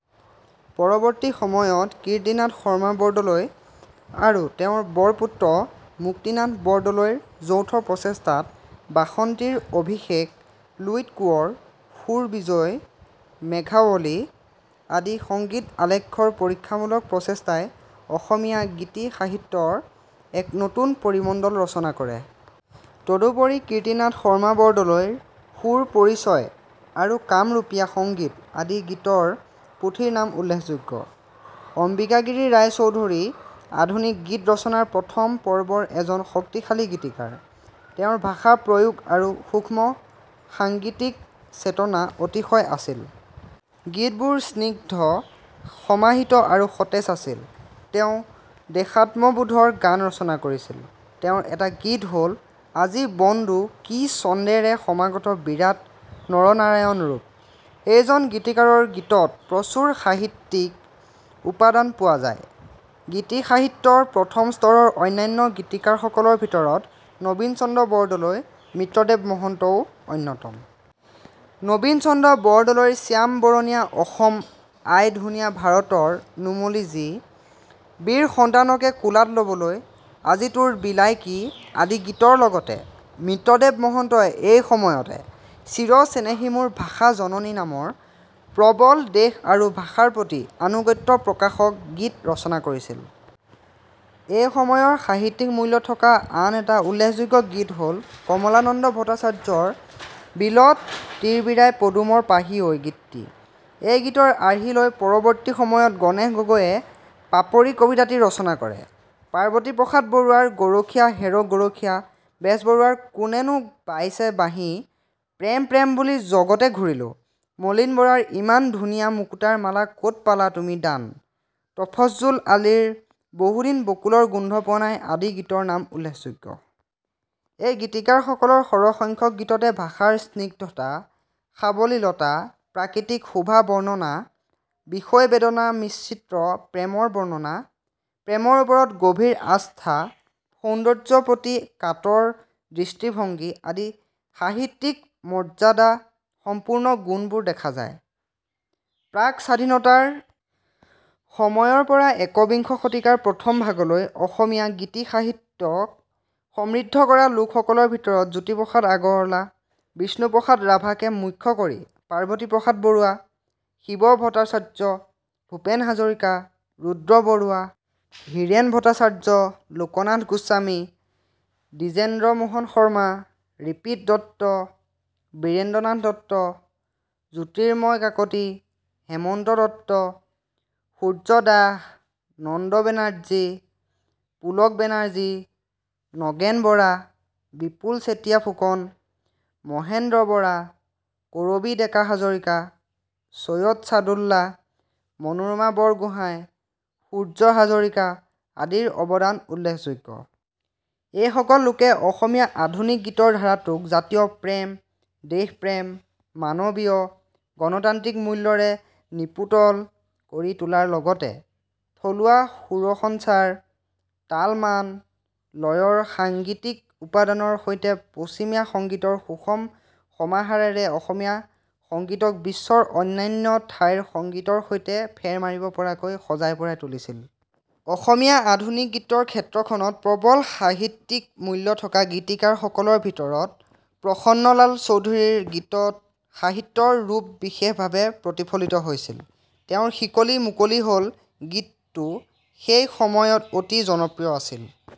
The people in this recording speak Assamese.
পৰৱৰ্তী সময়ত কীৰ্তিনাথ শৰ্মা বৰদলৈ আৰু তেওঁৰ বৰপুত্ৰ মুক্তিনাথ বৰদলৈ ৰ যৌথ প্ৰচেষ্টাত 'বাসন্তীৰ অভিষেক', 'লুইত কোঁৱৰ', 'সুৰ বিজয়', 'মেঘাৱলী' আদি সংগীত আলেক্ষ্যৰ পৰীক্ষামূলক প্ৰচেষ্টাই অসমীয়া গীতি সাহিত্যৰ এক নতুন পৰিমণ্ডল ৰচনা কৰে। তদুপৰি কীৰ্তিনাথ শৰ্মা বৰদলৈ ৰ 'সুৰ পৰিচয়' আৰু 'কামৰূপীয়া সংগীত' আদি গীতৰ পুথিৰ নাম উল্লেখযোগ্য।। অম্বিকাগিৰী ৰায়চৌধুৰী আধুনিক গীত ৰচনাৰ প্ৰথম পৰ্বৰ এজন শক্তিশালী গীতিকাৰ। তেওঁৰ ভাষা প্ৰয়োগ আৰু সূক্ষ্ম সাংগিতিক চেতনা অতিশয় আছিল। গীতবোৰ স্নিগ্ধ, সমাহিত আৰু সতেজ আছিল। তেওঁ দেশাত্মবোধৰ গান ৰচনা কৰিছিল। তেওঁৰ এটা গীত হ'ল- 'আজি বন্দো কি ছন্দেৰে সমাগত বিৰাট নৰনাৰায়ন ৰূপ'। এইজন গীতিকাৰৰ গীতত প্ৰচুৰ সাহিত্যিক উপাদান পোৱা যায়। গীতি সাহিত্যৰ প্ৰথম স্তৰৰ অন্যান্য গীতিকাৰসকলৰ ভিতৰত নবীন চন্দ্ৰ বৰদলৈ, মিত্ৰদেৱ মহন্ত ও অন্যতম। নবীন চন্দ্ৰ বৰদলৈ ৰ 'শ্যাম বৰণীয়া অসম আই ধুনীয়া ভাৰতৰ নুমলী জী', 'বীৰ সন্তানকে কোলাত ল'বলৈ', 'আজি তোৰ বিলাই কি' আদি গীতৰ লগতে মিত্ৰদেৱ মহন্তই এই সময়তে 'চিৰ চেনেহী মোৰ ভাষা জননী' নামৰ প্ৰবল দেশ আৰু ভাষাৰ প্ৰতি আনুগত্য প্ৰকাশক গীত ৰচনা কৰিছিল। এই সময়ৰ সাহিত্যিক মূল্য থকা আন এটা উল্লেখযোগ্য গীত হল- কমলানন্দ ভট্টাচাৰ্য ৰ 'বিলত তিৰেবিৰাই পদুমৰ পাহি ঐ' গীতটি। এই গীতৰ আৰ্হি লৈ পৰৱৰ্তী সময়ত গণেশ গগৈ য়ে 'পাপৰি' কবিতাটি ৰচনা কৰে। পাৰ্ৱতি প্ৰসাদ বৰুৱা ৰ 'গৰখীয়া হেৰ' গৰখীয়া', বেজবৰুৱাৰ 'কোনেনো বাইছে বাঁহী', 'প্ৰেম প্ৰেম বুলি জগতে ঘূৰিলো', মলিন বৰাৰ 'ইমান ধুনীয়া মুকুতাৰ মালা ক'ত পালা তুমি দান', তফজ্জুল আলি ৰ 'বহুদিন বকুলৰ গোন্ধ পোৱা নাই' আদি গীতৰ নাম উল্লেখযোগ্য। এই গীতিকাৰ সকলৰ সৰহসংখ্যক গীততে ভাষাৰ স্নিগ্ধতা, সাৱলিলতা, প্ৰাকৃতিক শোভা বৰ্ণনা, বিষয় বেদনা মিশ্ৰিত প্ৰেমৰ বৰ্ণনা, প্ৰেমৰ ওপৰত গভীৰ আস্থা, সৌন্দৰ্য প্ৰতি কাতৰ দৃষ্টিভংগী আদি সাহিত্যিক মৰ্যাদা সম্পূৰ্ণ গুণবোৰ দেখা যায়। প্ৰাক স্বাধীনতাৰ সময়ৰ পৰা একবিংশ শতিকাৰ প্ৰথমভাগলৈ অসমীয়া গীতি সাহিত্যক সমৃদ্ধ কৰা লোকসকলৰ ভিতৰত জ্যোতিপ্ৰসাদ আগৰৱালা, বিষ্ণুপ্ৰসাদ ৰাভা কে মুখ্য কৰি পাৰ্বতি প্ৰসাদ বৰুৱা, শিৱ ভট্ৰাচাৰ্য, ভূপেন হাজৰিকা, ৰুদ্ৰ বৰুৱা,, হীৰেন ভট্টাচাৰ্য, লোকনাথ গোস্বামী, দ্বিজেন্দ্ৰ মোহন শৰ্মা, ৰিদিপ দত্ত, বীৰেন্দ্ৰ নাথ দত্ত, জ্যোতিৰ্ময় কাকতি, হেমন্ত দত্ত, সূৰ্য দাস, নন্দ বেনাৰ্জী, পুলক বেনাৰ্জী, নগেন বৰা, বিপুল চেতিয়া ফুকন, মহেন্দ্ৰ বৰা, কৰবী ডেকা হাজৰিকা, চৈয়দ চাদুল্লা, মনোৰমা বৰগোহাঁই, সূৰ্য হাজৰিকা আদিৰ অৱদান উল্লেখযোগ্য। এইসকল লোকে অসমীয়া আধুনিক গীতৰ ধাৰাটোক জাতীয় প্ৰেম, দেশ প্ৰেম, মানবীয়, গণতান্ত্ৰিক মূল্যৰে নিপোটল কৰি তোলাৰ লগতে থলুৱা সুৰসঞ্চাৰ, তাল-মান, লয়ৰ সাংগীতিক উপাদানৰ সৈতে পশ্চিমীয়া সংগীতৰ সুষম সমাহাৰেৰে অসমীয়া সংগীতক বিশ্বৰ অন্যান্য ঠাইৰ সংগীতৰ সৈতে ফেৰ মাৰিব পৰাকৈ সজাই-পৰাই তুলিছিল। অসমীয়া আধুনিক গীতৰ ক্ষেত্ৰখনত প্ৰবল সাহিত্যিক মূল্য থকা গীতিকাৰ সকলৰ ভিতৰত- "প্ৰসন্নলাল চৌধুৰী"ৰ গীতত সাহিত্যৰ ৰূপ বিশেষভাৱে প্ৰতিফলিত হৈছিল। তেওঁৰ 'শিকলি মুকলি হ'ল' গীতটো সেই সময়ত অতি জনপ্ৰিয় আছিল।